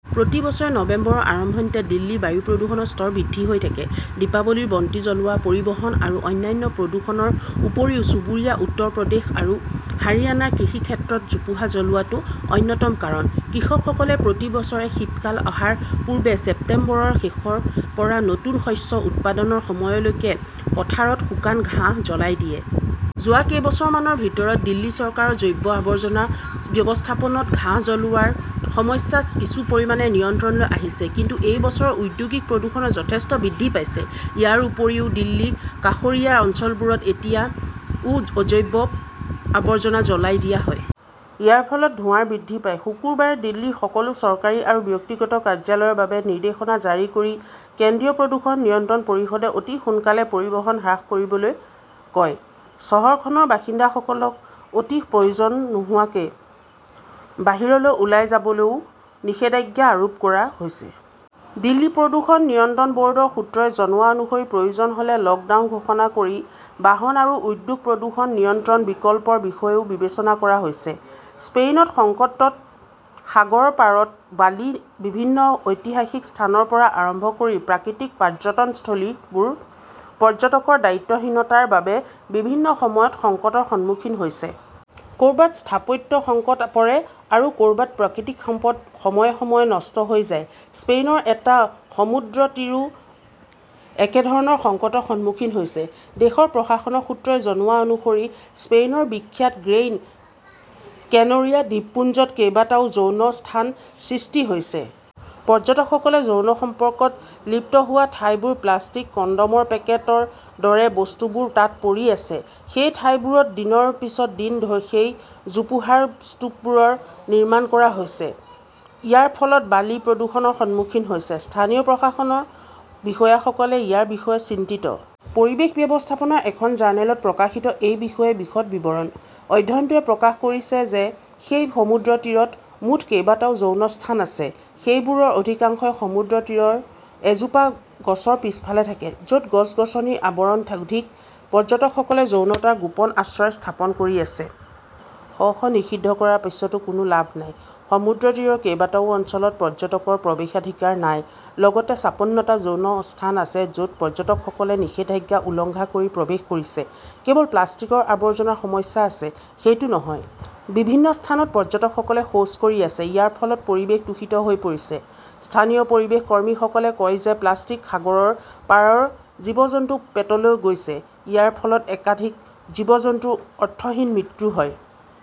প্ৰতি বছৰে নৱেম্বৰৰ আৰম্ভণিতে দিল্লীৰ বায়ুৰ প্ৰদূষণৰ স্তৰ বৃদ্ধি হৈ থাকে। দীপাৱলীৰ বন্তি জ্বলোৱা, পৰিবহণ আৰু অন্যান্য প্ৰদূষণৰ উপৰিও চুবুৰীয়া উত্তৰ প্ৰদেশ আৰু হাৰিয়ানাৰ কৃষিক্ষেত্ৰত জোপোহা জ্বলোৱাটো অন্যতম কাৰণ। কৃষকসকলে প্ৰতি বছৰে শীতকাল অহাৰ পূৰ্বে ছেপ্টেম্বৰৰ শেষৰ পৰা নতুন শস্য উৎপাদনৰ সময়লৈকে পথাৰত শুকান ঘাঁহ জ্বলাই দিয়ে। যোৱা কেইবছৰমানৰ ভিতৰত দিল্লী চৰকাৰৰ জৈৱ আৱৰ্জনা ব্যৱস্থাপনাত ঘাঁহ জ্বলোৱাৰ সমস্যা কিছু পৰিমাণে নিয়ন্ত্ৰণলৈ আহিছে। কিন্তু এই বছৰ ঔদ্যোগিক প্ৰদূষণ যথেষ্ট বৃদ্ধি পাইছে। ইয়াৰ উপৰিও, দিল্লীৰ কাষৰীয়া অঞ্চলবোৰত এতিয়াও অজৈৱ আৱৰ্জনা জ্বলাই দিয়া হয়। ইয়াৰ ফলত ধোঁৱা বৃদ্ধি পায়। শুকুৰবাৰে দিল্লীৰ সকলো চৰকাৰী আৰু ব্যক্তিগত কাৰ্যালয়ৰ বাবে নিৰ্দেশনা জাৰি কৰি কেন্দ্ৰীয় প্ৰদূষণ নিয়ন্ত্ৰণ পৰিষদে অতি সোনকালে পৰিবহণ হ্ৰাস কৰিবলৈ কয়। চহৰখনৰ বাসিন্দাসকলক অতি প্ৰয়োজন নোহোৱাকৈ বাহিৰলৈ ওলাই যাবলৈও নিষেধাজ্ঞা আৰোপ কৰা হৈছে। দিল্লী প্ৰদূষণ নিয়ন্ত্ৰণ ব'ৰ্ডৰ সূত্ৰই জনোৱা অনুসৰি, প্ৰয়োজন হ'লে লকডাউন ঘোষণা কৰি বাহন আৰু উদ্যোগ-প্ৰদূষণ নিয়ন্ত্ৰণৰ বিকল্পৰ বিষয়েও বিবেচনা কৰা হৈছে। স্পেইনত সংকটত সাগৰৰ পাৰত বালি বিভিন্ন ঐতিহাসিক স্থানৰ পৰা আৰম্ভ কৰি প্ৰাকৃতিক পৰ্যটনস্থলীবোৰ পৰ্যটকৰ দায়িত্বহীনতাৰ বাবে বিভিন্ন সময়ত সংকটৰ সন্মুখীন হৈছে। ক'ৰবাত স্থাপত্য সংকটত পৰে, আৰু ক'ৰবাত প্ৰাকৃতিক সম্পদ সময়ে সময়ে নষ্ট হৈ যায়। স্পেইনৰ এটা সমুদ্ৰতীৰো একেধৰণৰ সংকটৰ সন্মুখীন হৈছে। দেশৰ প্ৰশাসনৰ সূত্ৰই জনোৱা অনুসৰি স্পেইনৰ বিখ্যাত গ্ৰেইন কেনৰিয়া দ্বীপপুঞ্জত কেইবাটাও যৌন স্থান সৃষ্টি হৈছে। পৰ্যটকসকলে যৌন সম্পৰ্কত লিপ্ত হোৱা ঠাইবোৰ, প্লাষ্টিক, কণ্ডমৰ পেকেটৰ দৰে বস্তুবোৰ তাত পৰি আছে। সেই ঠাইবোৰত দিনৰ পিছত দিন সেই জোপোহাৰ স্তূপবোৰ নিৰ্মাণ কৰা হৈছে। ইয়াৰ ফলত বালি প্ৰদূষণৰ সন্মুখীন হৈছে। স্থানীয় প্ৰশাসনৰ বিষয়াসকলে ইয়াৰ বিষয়ে চিন্তিত। পৰিৱেশ ব্যৱস্থাপনাৰ এখন জাৰ্নেলত প্ৰকাশিত এই বিষয়ে বিশদ বিৱৰণ। অধ্যয়নটোৱে প্ৰকাশ কৰিছে যে সেই সমুদ্ৰতীৰত মুঠ কেইবাটাও যৌন স্থান আছে। সেইবোৰৰ অধিকাংশই সমুদ্ৰতীৰৰ এজোপা গছৰ পিছফালে থাকে। য'ত গছ-গছনিৰ আৱৰণ অধিক, পৰ্যটকসকলে যৌনতাৰ গোপন আশ্ৰয় স্থাপন কৰি আছে। শ শ নিষিদ্ধ কৰাৰ পিছতো কোনো লাভ নাই। সমুদ্ৰতীৰৰ কেইবাটাও অঞ্চলত পৰ্যটকৰ প্ৰৱেশাধিকাৰ নাই, লগতে ছাপ্পনটা যৌন স্থান আছে য 'ত পৰ্যটকসকলে নিষেধাজ্ঞা উলংঘা কৰি প্ৰৱেশ কৰিছে। কেৱল প্লাষ্টিকৰ আৱৰ্জনাৰ সমস্যা আছে, সেইটো নহয়। বিভিন্ন স্থানত পৰ্যটকসকলে শৌচ কৰি আছে। ইয়াৰ ফলত পৰিৱেশ দূষিত হৈ পৰিছে। স্থানীয় পৰিৱেশ কৰ্মীসকলে কয় যে প্লাষ্টিক সাগৰৰ পাৰৰ জীৱ-জন্তুৰ পেটলৈ গৈছে। ইয়াৰ ফলত একাধিক জীৱ-জন্তুৰ অৰ্থহীন মৃত্যু হয়।